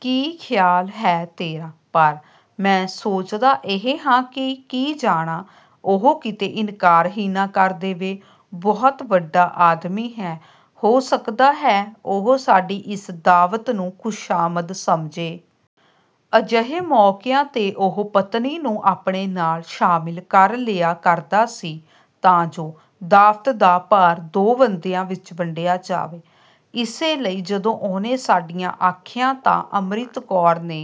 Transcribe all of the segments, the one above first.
ਕੀ ਖਿਆਲ ਹੈ ਤੇਰਾ, ਪਰ ਮੈਂ ਸੋਚਦਾ ਇਹ ਹਾਂ ਕਿ ਕੀ ਜਾਣਾਂ, ਉਹ ਕਿਤੇ ਇਨਕਾਰ ਹੀ ਨਾ ਕਰ ਦੇਵੇ। ਬਹੁਤ ਵੱਡਾ ਆਦਮੀ ਹੈ। ਹੋ ਸਕਦਾ ਹੈ ਉਹ ਸਾਡੀ ਇਸ ਦਾਅਵਤ ਨੂੰ ਖੁਸ਼ਾਮਦ ਸਮਝੇ। ਅਜਿਹੇ ਮੌਕਿਆਂ ’ਤੇ ਉਹ ਪਤਨੀ ਨੂੰ ਆਪਣੇ ਨਾਲ ਸ਼ਾਮਿਲ ਕਰ ਲਿਆ ਕਰਦਾ ਸੀ ਤਾਂ ਜੋ ਦਾਅਵਤ ਦਾ ਭਾਰ ਦੋ ਬੰਦਿਆਂ ਵਿੱਚ ਵੰਡਿਆ ਜਾਵੇ। ਇਸੇ ਲਈ ਜਦੋਂ ਉਹਨੇ ਸਾਡੀ ਆਖਿਆ ਤਾਂ ਅੰਮ੍ਰਿਤ ਕੌਰ ਨੇ,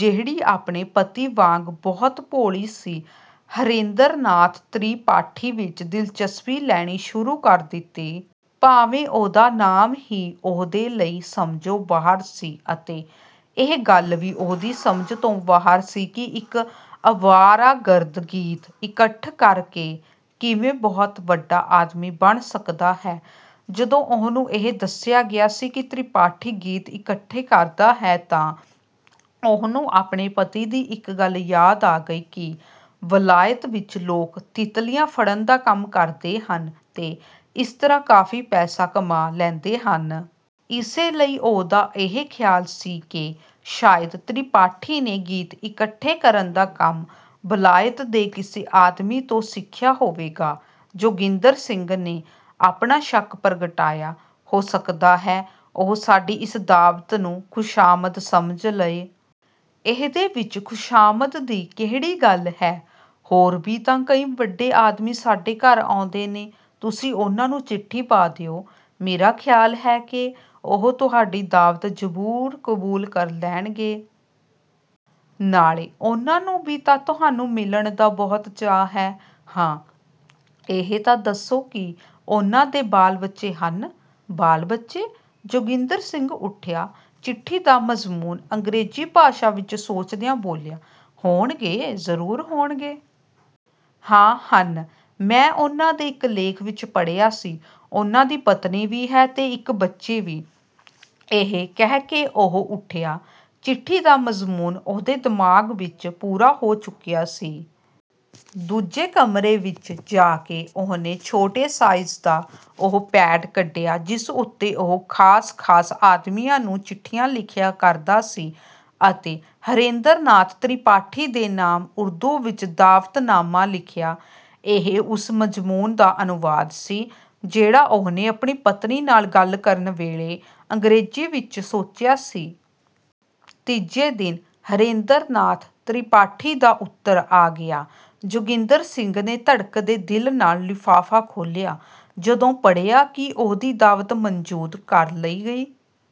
ਜਿਹੜੀ ਆਪਣੇ ਪਤੀ ਵਾਂਗ ਬਹੁਤ ਭੋਲੀ ਸੀ, ਹਰੇਂਦਰ ਨਾਥ ਤ੍ਰਿਪਾਠੀ ਵਿੱਚ ਦਿਲਚਸਪੀ ਲੈਣੀ ਸ਼ੁਰੂ ਕਰ ਦਿੱਤੀ। ਭਾਵੇਂ ਉਹਦਾ ਨਾਮ ਹੀ ਉਹਦੇ ਲਈ ਸਮਝੋਂ ਬਾਹਰ ਸੀ ਅਤੇ ਇਹ ਗੱਲ ਵੀ ਉਹਦੀ ਸਮਝ ਤੋਂ ਬਾਹਰ ਸੀ ਕਿ ਇੱਕ ਅਵਾਰਾਗਰਦ, ਗੀਤ ਇਕੱਠੇ ਕਰ ਕੇ, ਕਿਵੇਂ ਬਹੁਤ ਵੱਡਾ ਆਦਮੀ ਬਣ ਸਕਦਾ ਹੈ। ਜਦੋਂ ਉਹਨੂੰ ਇਹ ਦੱਸਿਆ ਗਿਆ ਸੀ ਕਿ ਤ੍ਰਿਪਾਠੀ ਗੀਤ ਇਕੱਠੇ ਕਰਦਾ ਹੈ ਤਾਂ ਉਹਨੂੰ ਆਪਣੇ ਪਤੀ ਦੀ ਇੱਕ ਗੱਲ ਯਾਦ ਆ ਗਈ ਕਿ ਵਲਾਇਤ ਵਿੱਚ ਲੋਕ ਤਿਤਲੀਆਂ ਫੜਨ ਦਾ ਕੰਮ ਕਰਦੇ ਹਨ ਤੇ ਇਸ ਤਰ੍ਹਾਂ ਕਾਫੀ ਪੈਸਾ ਕਮਾ ਲੈਂਦੇ ਹਨ। ਇਸੇ ਲਈ ਉਹਦਾ ਇਹ ਖਿਆਲ ਸੀ ਕਿ ਸ਼ਾਇਦ ਤ੍ਰਿਪਾਠੀ ਨੇ ਗੀਤ ਇਕੱਠੇ ਕਰਨ ਦਾ ਕੰਮ ਵਲਾਇਤ ਦੇ ਕਿਸੇ ਆਦਮੀ ਤੋਂ ਸਿੱਖਿਆ ਹੋਵੇਗਾ। ਜੋਗਿੰਦਰ ਸਿੰਘ ਨੇ ਆਪਣਾ ਸ਼ੱਕ ਪ੍ਰਗਟਾਇਆ, ਹੋ ਸਕਦਾ ਹੈ ਉਹ ਸਾਡੀ ਇਸ ਦਾਅਵਤ ਨੂੰ ਖੁਸ਼ਾਮਦ ਸਮਝ ਲਏ। ਇਹਦੇ ਵਿੱਚ ਖੁਸ਼ਾਮਦ ਦੀ ਕਿਹੜੀ ਗੱਲ ਹੈ? ਹੋਰ ਵੀ ਤਾਂ ਕਈ ਵੱਡੇ ਆਦਮੀ ਸਾਡੇ ਘਰ ਆਉਂਦੇ ਨੇ। ਤੁਸੀਂ ਉਨ੍ਹਾਂ ਨੂੰ ਚਿੱਠੀ ਪਾ ਦਿਓ। ਮੇਰਾ ਖਿਆਲ ਹੈ ਕਿ ਉਹ ਤੁਹਾਡੀ ਦਾਅਵਤ ਜ਼ਰੂਰ ਕਬੂਲ ਕਰ ਲੈਣਗੇ। ਨਾਲੇ ਉਨ੍ਹਾਂ ਨੂੰ ਵੀ ਤਾਂ ਤੁਹਾਨੂੰ ਮਿਲਣ ਦਾ ਬਹੁਤ ਚਾਅ ਹੈ। ਹਾਂ, ਇਹ ਤਾਂ ਦੱਸੋ ਕੀ ਉਨ੍ਹਾਂ ਦੇ ਬਾਲ-ਬੱਚੇ ਹਨ? ਬਾਲ-ਬੱਚੇ! ਜੋਗਿੰਦਰ ਸਿੰਘ ਉਠਿਆ। ਚਿੱਠੀ ਦਾ ਮਜ਼ਮੂਨ ਅੰਗ੍ਰੇਜ਼ੀ ਭਾਸ਼ਾ ਵਿੱਚ ਸੋਚਦਿਆਂ ਬੋਲਿਆ, ਹੋਣਗੇ, ਜ਼ਰੂਰ ਹੋਣਗੇ। ਹਾਂ ਹਨ। ਮੈਂ ਉਨ੍ਹਾਂ ਦੇ ਇੱਕ ਲੇਖ ਵਿੱਚ ਪੜ੍ਹਿਆ ਸੀ, ਉਨ੍ਹਾਂ ਦੀ ਪਤਨੀ ਵੀ ਹੈ ਤੇ ਇੱਕ ਬੱਚੀ ਵੀ। ਇਹ ਕਹਿ ਕੇ ਉਹ ਉਠਿਆ, ਚਿੱਠੀ ਦਾ ਮਜ਼ਮੂਨ ਉਹਦੇ ਦਿਮਾਗ ਵਿੱਚ ਪੂਰਾ ਹੋ ਚੁੱਕਿਆ ਸੀ। ਦੂਜੇ ਕਮਰੇ ਵਿੱਚ ਜਾ ਕੇ ਉਹਨੇ ਛੋਟੇ ਸਾਈਜ਼ ਦਾ ਉਹ ਪੈਡ ਕੱਢਿਆ ਜਿਸ ਉੱਤੇ ਉਹ ਖਾਸ-ਖਾਸ ਆਦਮੀਆਂ ਨੂੰ ਚਿੱਠੀਆਂ ਲਿਖਿਆ ਕਰਦਾ ਸੀ ਅਤੇ ਹਰੇਂਦਰ ਨਾਥ ਤ੍ਰਿਪਾਠੀ ਦੇ ਨਾਮ ਉਰਦੂ ਵਿੱਚ ਦਾਅਵਤਨਾਮਾ ਲਿਖਿਆ। ਇਹ ਉਸ ਮਜ਼ਮੂਨ ਦਾ ਅਨੁਵਾਦ ਸੀ ਜਿਹੜਾ ਉਹਨੇ ਆਪਣੀ ਪਤਨੀ ਨਾਲ ਗੱਲ ਕਰਨ ਵੇਲੇ ਅੰਗ੍ਰੇਜ਼ੀ ਵਿੱਚ ਸੋਚਿਆ ਸੀ। ਤੀਜੇ ਦਿਨ ਹਰੇਂਦਰ ਨਾਥ ਤ੍ਰਿਪਾਠੀ ਦਾ ਉੱਤਰ ਆ ਗਿਆ। ਜੋਗਿੰਦਰ ਸਿੰਘ ਨੇ ਧੜਕਦੇ ਦਿਲ ਨਾਲ ਲਿਫ਼ਾਫ਼ਾ ਖੋਲ੍ਹਿਆ। ਜਦੋਂ ਪੜ੍ਹਿਆ ਕਿ ਉਹਦੀ ਦਾਅਵਤ ਮਨਜ਼ੂਰ ਕਰ ਲਈ ਗਈ